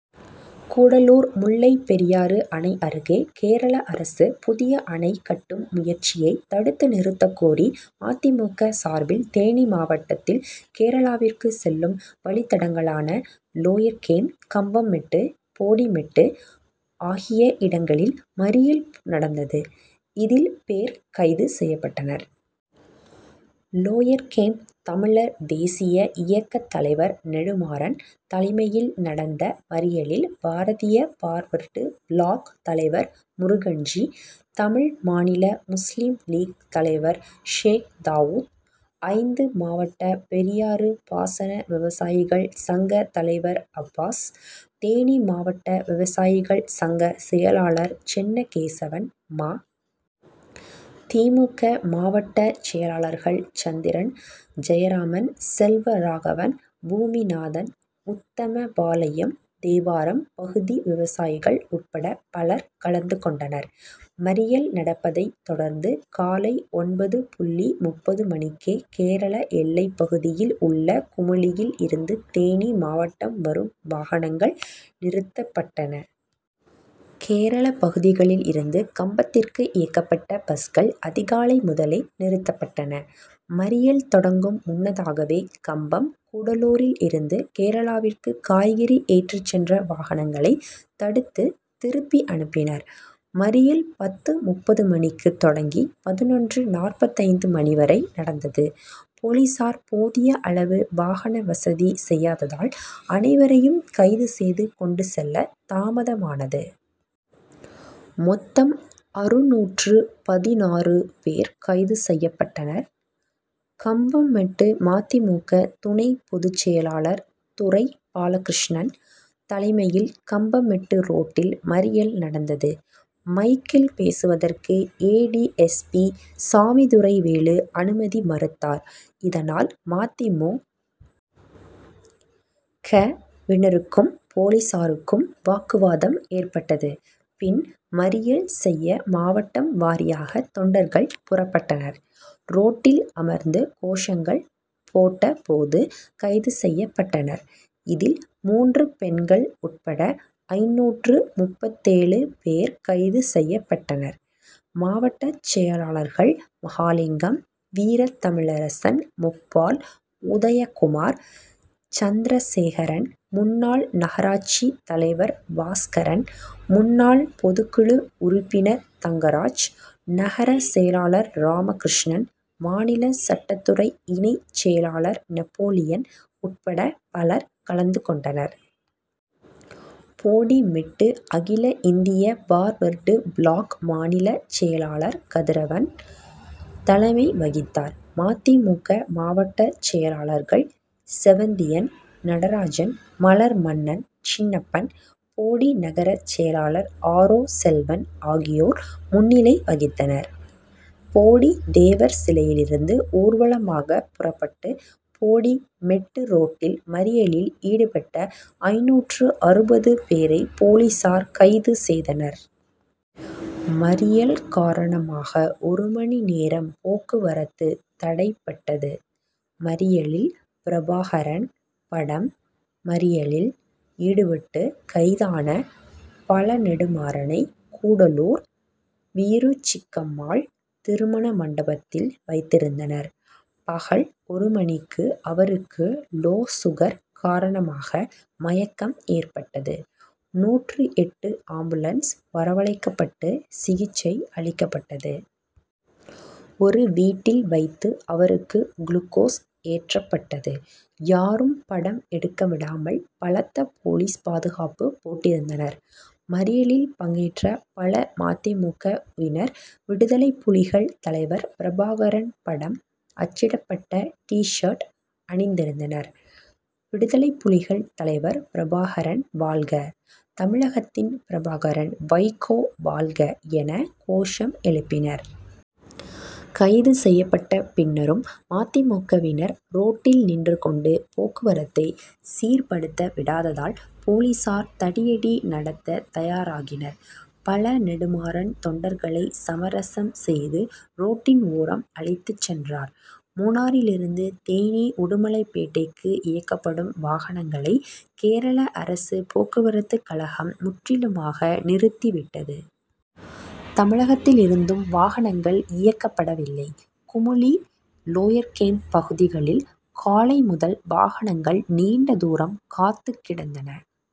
கூடலூர் முல்லை பெரியாறு அணை அருகே கேரள அரசு புதிய அணை கட்டும் முயற்சியை தடுத்து நிறுத்தக்கோரி ம. தி. மு. க., சார்பில் தேனி மாவட்டத்தில் கேரளாவிற்கு செல்லும் வழித்தடங்களான லோயர்கேம், கம்பம் மெட்டு, போடி மெட்டு ஆகிய இடங்களில் மறியல் நடந்தது. இதில் பேர் கைது செய்யப்பட்டனர். லோயர்கேம்ப் தமிழர் தேசிய இயக்க தலைவர் நெடுமாறன் தலைமையில் நடந்த மறியலில் பாரதிய பார்வர்டு பிளாக் தலைவர் முருகன்ஜி, தமிழ்மாநில முஸ்லிம் லீக் தலைவர் ஷேக்தாவூத், ஐந்து மாவட்ட பெரியாறு பாசன விவசாயிகள் சங்க தலைவர் அப்பாஸ், தேனி மாவட்ட விவசாயிகள் சங்க செயலாளர் சென்ன கேசவன், ம. தி. மு. க., மாவட்ட செயலாளர்கள் சந்திரன், ஜெயராமன், செல்வராகவன், பூமிநாதன், உத்தமபாளையம், தேவாரம் பகுதி விவசாயிகள் உட்பட பலர் கலந்துகொண்டனர். மறியல் நடப்பதை தொடர்ந்து காலை ஒன்பது புள்ளி முப்பது மணிக்கே கேரள எல்லைப்பகுதியில் உள்ள குமுளியில் இருந்து தேனி மாவட்டம் வரும் வாகனங்கள் நிறுத்தப்பட்டன. கேரள பகுதிகளில் இருந்து கம்பத்திற்கு இயக்கப்பட்ட பஸ்கள் அதிகாலை முதலே நிறுத்தப்பட்டன. மறியல் தொடங்கும் முன்னதாகவே கம்பம், கூடலூரில் இருந்து கேரளாவிற்கு காய்கறி ஏற்றிச் சென்ற வாகனங்களை தடுத்து திருப்பி அனுப்பினர். மறியல் பத்து.முப்பது மணிக்கு தொடங்கி பதினொன்று.நாற்பத்தைந்து மணி வரை நடந்தது. போலீசார் போதிய அளவு வாகன வசதி செய்யாததால், அனைவரையும் கைது செய்து கொண்டு செல்ல தாமதமானது. மொத்தம் அறுநூற்று பதினாறு பேர் கைது செய்யப்பட்டனர். கம்பம்மெட்டு ம. தி. மு. க., துணை பொதுச்செயலாளர் துரை பாலகிருஷ்ணன் தலைமையில் கம்பமெட்டு ரோட்டில் மறியல் நடந்தது. மைக்கில் பேசுவதற்கு A. D. S. P., Samiduraivelu அனுமதி மறுத்தார். இதனால் ம. தி. மு. க., வினருக்கும், போலீசாருக்கும் வாக்குவாதம் ஏற்பட்டது. பின் மறியல் செய்ய மாவட்டம் வாரியாக தொண்டர்கள் புறப்பட்டனர். ரோட்டில் அமர்ந்து கோஷங்கள் போட்ட போது, கைது செய்யப்பட்டனர். இதில் மூன்று பெண்கள் உட்பட ஐந்நூற்று முப்பத்தேழு பேர் கைது செய்யப்பட்டனர். மாவட்ட செயலாளர்கள் மகாலிங்கம், வீரத்தமிழரசன், முப்பால், உதயகுமார், சந்திரசேகரன் முன்னாள் நகராட்சி தலைவர் பாஸ்கரன், முன்னாள் பொதுக்குழு உறுப்பினர் தங்கராஜ், நகர செயலாளர் ராமகிருஷ்ணன், மாநில சட்டத்துறை இணை செயலாளர் நெப்போலியன் உட்பட பலர் கலந்துகொண்டனர். போடிமெட்டு அகில இந்திய பார்வர்டு பிளாக் மாநில செயலாளர் கதிரவன் தலைமை வகித்தார். ம. தி. மு. க., மாவட்டசெயலாளர்கள் செவந்தியன், நடராஜன், மலர்மன்னன், சின்னப்பன், போடி நகர செயலாளர் ஆரோ செல்வன் ஆகியோர் முன்னிலை வகித்தனர். போடி, தேவர் சிலையிலிருந்து ஊர்வலமாக புறப்பட்டு போடி மெட்டு ரோட்டில் மறியலில் ஈடுபட்ட ஐந்நூற்று அறுபது பேரை போலீசார் கைது செய்தனர். மறியல் காரணமாக ஒரு மணி நேரம் போக்குவரத்து தடைபட்டது. மறியலில் பிரபாகரன் படம் மறியலில் ஈடுபட்டு கைதான பழநெடுமாறனை, கூடலூர் வீருசிக்கம்மாள் திருமண மண்டபத்தில் வைத்திருந்தனர். பகல் ஒரு மணிக்கு அவருக்கு லோ சுகர் காரணமாக மயக்கம் ஏற்பட்டது. நூற்று எட்டு ஆம்புலன்ஸ் வரவழைக்கப்பட்டு சிகிச்சை அளிக்கப்பட்டது. ஒரு வீட்டில் வைத்து அவருக்கு குளுகோஸ் ஏற்றப்பட்டது. யாரும் படம் எடுக்கவிடாமல் பலத்த போலீஸ் பாதுகாப்பு போட்டிருந்தனர். மறியலில் பங்கேற்ற பல ம. தி. மு. க.,வினர் விடுதலைப்புலிகள் தலைவர் பிரபாகரன் படம் அச்சிடப்பட்ட டி'சர்ட் அணிந்திருந்தனர். விடுதலைப்புலிகள் தலைவர் பிரபாகரன் வாழ்க, தமிழகத்தின் பிரபாகரன் வைகோ வாழ்க என கோஷம் எழுப்பினர். கைது செய்யப்பட்ட பின்னரும் ம. தி. மு. க.,வினர் ரோட்டில் நின்று கொண்டு போக்குவரத்தை சீர்படுத்த விடாததால் போலீசார் தடியடி நடத்த தயாராகினர். பழ. நெடுமாறன் தொண்டர்களை சமரசம் செய்து, ரோட்டின் ஓரம் அழைத்துச் சென்றார். மூணாறிலிருந்து தேனி, உடுமலைப்பேட்டைக்கு இயக்கப்படும் வாகனங்களை கேரள அரசு போக்குவரத்து கழகம் முற்றிலுமாக நிறுத்திவிட்டது. தமிழகத்திலிருந்தும் வாகனங்கள் இயக்கப்படவில்லை. குமுளி, லோயர்கேம்ப் பகுதிகளில் காலை முதல் வாகனங்கள் நீண்டதூரம் காத்துக்கிடந்தன.